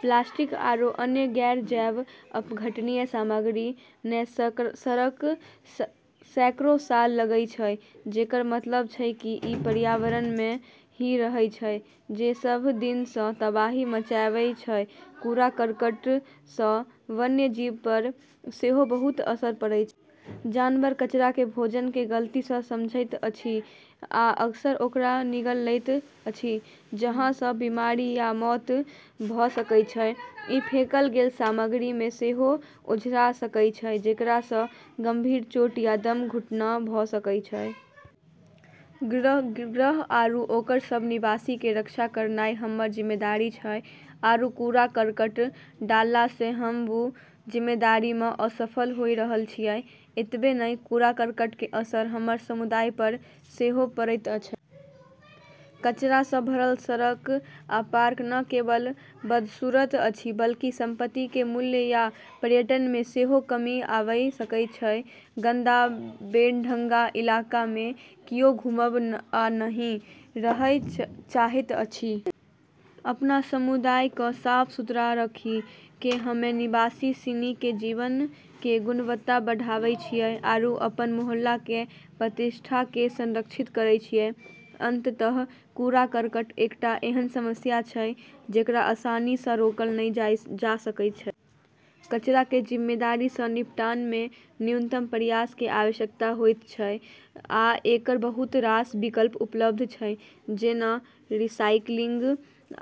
Plastic आरू अन्य गैर-जैव अपघटनीय सामग्री क॑ सड़ै म॑ [सैकड़ों] साल लगै छै, जेकरऽ मतलब छै कि ई पर्यावरण म॑ ही रहै छै, जे सभ दिनसँ तबाही मचबै छै। कूड़ा-करकट सँ वन्यजीव पर सेहो बहुत असर पड़ैत अछि। जानवर कचरा के भोजन के गलती सँ समझैत अछि आ अक्सर ओकरा निगलैत अछि, जहि सँ बीमारी या मौत भऽ सकय छै। ई फेंकल गेल सामग्री मे सेहो ओझरा सकय छै, जेकरा सँ गंभीर चोट या दम घुटनाय भऽ सकय छै। ग्रह आरू ओकर सब निवासी के रक्षा करनाय हमर जिम्मेदारी छै, आरू कूड़ा-करकट डालला स॑ हम्मं॑ वू जिम्मेदारी म॑ असफल होय रहलऽ छियै। एतबे नहि, कूड़ा-करकट के असर हमर समुदाय पर सेहो पड़ैत अछि। कचरा सँ भरल सड़क आ पार्क न केवल बदसूरत अछि बल्कि संपत्ति के मूल्य आ पर्यटन मे सेहो कमी आबि सकैत अछि। गंदा, बेढंगा इलाका मे कियो घुमब आ नहि रहय चाहैत अछि। अपन समुदाय क॑ साफ-सुथरा रखी क॑ हम्मं॑ निवासी सिनी के जीवन के गुणवत्ता बढ़ाबै छियै, आरू अपन मोहल्ला के प्रतिष्ठाकें संरक्षित करै छियै। अंततः कूड़ा-करकट एकटा एहन समस्या अछि जकरा आसानी सँ रोकल जा सकैत अछि। कचरा के जिम्मेदारी सँ निपटान मे न्यूनतम प्रयास के आवश्यकता होयत छै, आ एकर बहुत रास विकल्प उपलब्ध छै, जेना रिसाइकिलिंग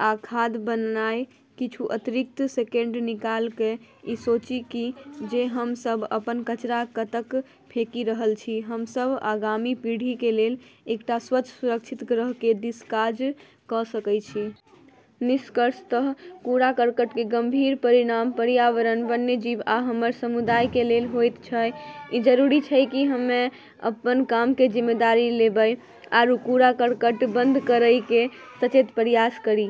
आ खाद बनानाय। किछु अतिरिक्त सेकेंड निकालि क' ई सोचि क' जे हम सभ अपन कचरा कतय फेकि रहल छी, हम सभ आगामी पीढ़ी के लेल एकटा स्वच्छ, सुरक्षित ग्रह के दिस काज क' सकैत छी। निष्कर्षतः, कूड़ा-करकट के गंभीर परिणाम पर्यावरण, वन्यजीव आ हमर समुदाय के लेल होयत छै। ई जरूरी छै कि हम्में अपन काम के जिम्मेदारी लेबै आरू कूड़ा-करकट बंद करै के सचेत प्रयास करी।